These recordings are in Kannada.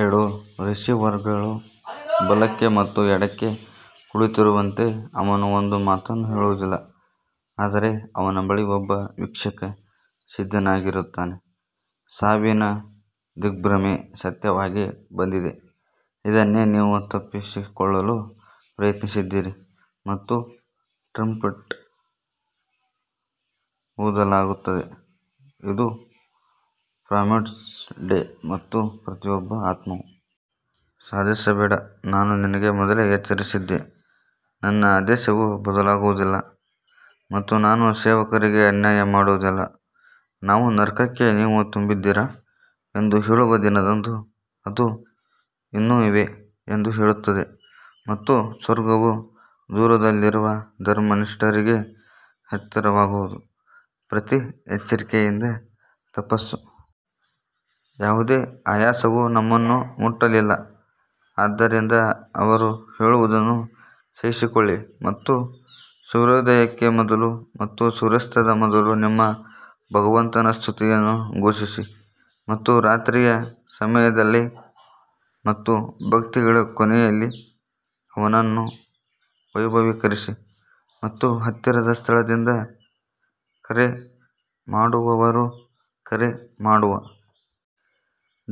ಎರಡು ರಿಸೀವರ್ಗಳು ಬಲಕ್ಕೆ ಮತ್ತು ಎಡಕ್ಕೆ ಕುಳಿತಿರುವಂತೆ ಅವನು ಒಂದು ಮಾತನ್ನೂ ಹೇಳುವುದಿಲ್ಲ ಆದರೆ ಅವನ ಬಳಿ ಒಬ್ಬ ವೀಕ್ಷಕ ಸಿದ್ಧನಾಗಿರುತ್ತಾನೆ ಸಾವಿನ ದಿಗ್ಭ್ರಮೆ ಸತ್ಯವಾಗಿ ಬಂದಿದೆ ಇದನ್ನೇ ನೀವು ತಪ್ಪಿಸಿಕೊಳ್ಳಲು ಪ್ರಯತ್ನಿಸಿದ್ದೀರಿ ಮತ್ತು ಟ್ರಂಪೆಟ್ ಊದಲಾಗುತ್ತದೆ ಇದು ಪ್ರಾಮಿಸ್ಡ್ ಡೇ ಮತ್ತು ಪ್ರತಿಯೊಬ್ಬ ಆತ್ಮವು ಸಾಧಿಸಬೇಡ, ನಾನು ನಿನಗೆ ಮೊದಲೇ ಎಚ್ಚರಿಸಿದ್ದೆ ನನ್ನ ಆದೇಶವು ಬದಲಾಗುವುದಿಲ್ಲ ಮತ್ತು ನಾನು ಸೇವಕರಿಗೆ ಅನ್ಯಾಯ ಮಾಡುವುದಿಲ್ಲ ನಾವು ನರಕಕ್ಕೆ ನೀವು ತುಂಬಿದ್ದೀರಾ ಎಂದು ಹೇಳುವ ದಿನದಂದು ಅದು ಇನ್ನೂ ಇವೆ ಎಂದು ಹೇಳುತ್ತದೆ ಮತ್ತು ಸ್ವರ್ಗವು ದೂರದಲ್ಲಿರುವ ಧರ್ಮನಿಷ್ಠರಿಗೆ ಹತ್ತಿರವಾಗುವುದು ಪ್ರತಿ ಎಚ್ಚರಿಕೆಯಿಂದ ತಪಸ್ಸು ಯಾವುದೇ ಆಯಾಸವು ನಮ್ಮನ್ನು ಮುಟ್ಟಲಿಲ್ಲ ಆದ್ದರಿಂದ ಅವರು ಹೇಳುವುದನ್ನು ಸಹಿಸಿಕೊಳ್ಳಿ ಮತ್ತು ಸೂರ್ಯೋದಯಕ್ಕೆ ಮೊದಲು ಮತ್ತು ಸೂರ್ಯಾಸ್ತದ ಮೊದಲು ನಿಮ್ಮ ಭಗವಂತನ ಸ್ತುತಿಯನ್ನು ಘೋಷಿಸಿ ಮತ್ತು ರಾತ್ರಿಯ ಸಮಯದಲ್ಲಿ ಮತ್ತು ಭಕ್ತಿಗಳ ಕೊನೆಯಲ್ಲಿ ಅವನನ್ನು ವೈಭವೀಕರಿಸಿ ಮತ್ತು ಹತ್ತಿರದ ಸ್ಥಳದಿಂದ ಕರೆ ಮಾಡುವವರು ಕರೆ ಮಾಡುವ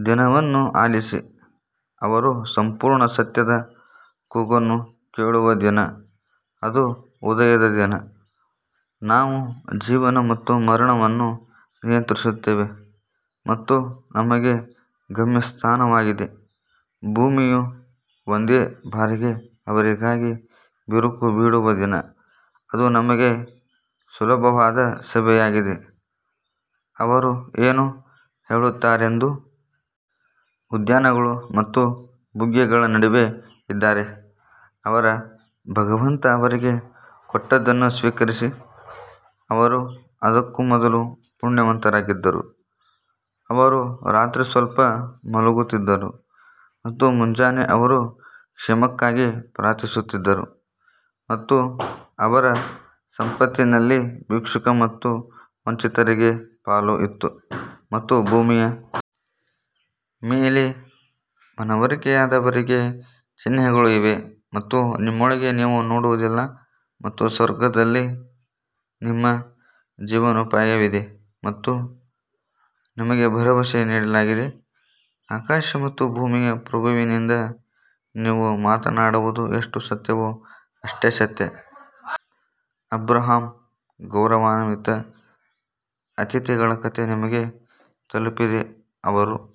ದಿನವನ್ನು ಆಲಿಸಿ ಅವರು ಸಂಪೂರ್ಣ ಸತ್ಯದ ಕೂಗನ್ನು ಕೇಳುವ ದಿನ ಅದು ಉದಯದ ದಿನ ನಾವು ಜೀವನ ಮತ್ತು ಮರಣವನ್ನು ನಿಯಂತ್ರಿಸುತ್ತೇವೆ ಮತ್ತು ನಮಗೆ ಗಮ್ಯಸ್ಥಾನವಾಗಿದೆ ಭೂಮಿಯು ಒಂದೇ ಬಾರಿಗೆ ಅವರಿಗಾಗಿ ಬಿರುಕು ಬಿಡುವ ದಿನ ಅದು ನಮಗೆ ಸುಲಭವಾದ ಸಭೆಯಾಗಿದೆ ಅವರು ಏನು ಹೇಳುತ್ತಾರೆಂದು ಉದ್ಯಾನಗಳು ಮತ್ತು ಬುಗ್ಗೆಗಳ ನಡುವೆ ಇದ್ದಾರೆ ಅವರ ಭಗವಂತ ಅವರಿಗೆ ಕೊಟ್ಟದ್ದನ್ನು ಸ್ವೀಕರಿಸಿ ಅವರು ಅದಕ್ಕೂ ಮೊದಲು ಪುಣ್ಯವಂತರಾಗಿದ್ದರು ಅವರು ರಾತ್ರಿ ಸ್ವಲ್ಪ ಮಲಗುತ್ತಿದ್ದರು ಮತ್ತು ಮುಂಜಾನೆ ಅವರು ಕ್ಷಮೆಗಾಗಿ ಪ್ರಾರ್ಥಿಸುತ್ತಿದ್ದರು ಮತ್ತು ಅವರ ಸಂಪತ್ತಿನಲ್ಲಿ ಭಿಕ್ಷುಕ ಮತ್ತು ವಂಚಿತರಿಗೆ ಪಾಲು ಇತ್ತು ಮತ್ತು ಭೂಮಿಯ ಮೇಲೆ ಮನವರಿಕೆಯಾದವರಿಗೆ ಚಿಹ್ನೆಗಳು ಇವೆ ಮತ್ತು ನಿಮ್ಮೊಳಗೆ ನೀವು ನೋಡುವುದಿಲ್ಲ ಮತ್ತು ಸ್ವರ್ಗದಲ್ಲಿ ನಿಮ್ಮ ಜೀವನೋಪಾಯವಿದೆ ಮತ್ತು ನಿಮಗೆ ಭರವಸೆ ನೀಡಲಾಗಿದೆ ಆಕಾಶ ಮತ್ತು ಭೂಮಿಯ ಪ್ರಭುವಿನಿಂದ, ನೀವು ಮಾತನಾಡುವುದು ಎಷ್ಟು ಸತ್ಯವೋ ಅಷ್ಟೇ ಸತ್ಯ ಅಬ್ರಹಾಂ ಗೌರವಾನ್ವಿತ ಅತಿಥಿಗಳ ಕಥೆ ನಿಮಗೆ ತಲುಪಿದೆಯೇ ಅವರು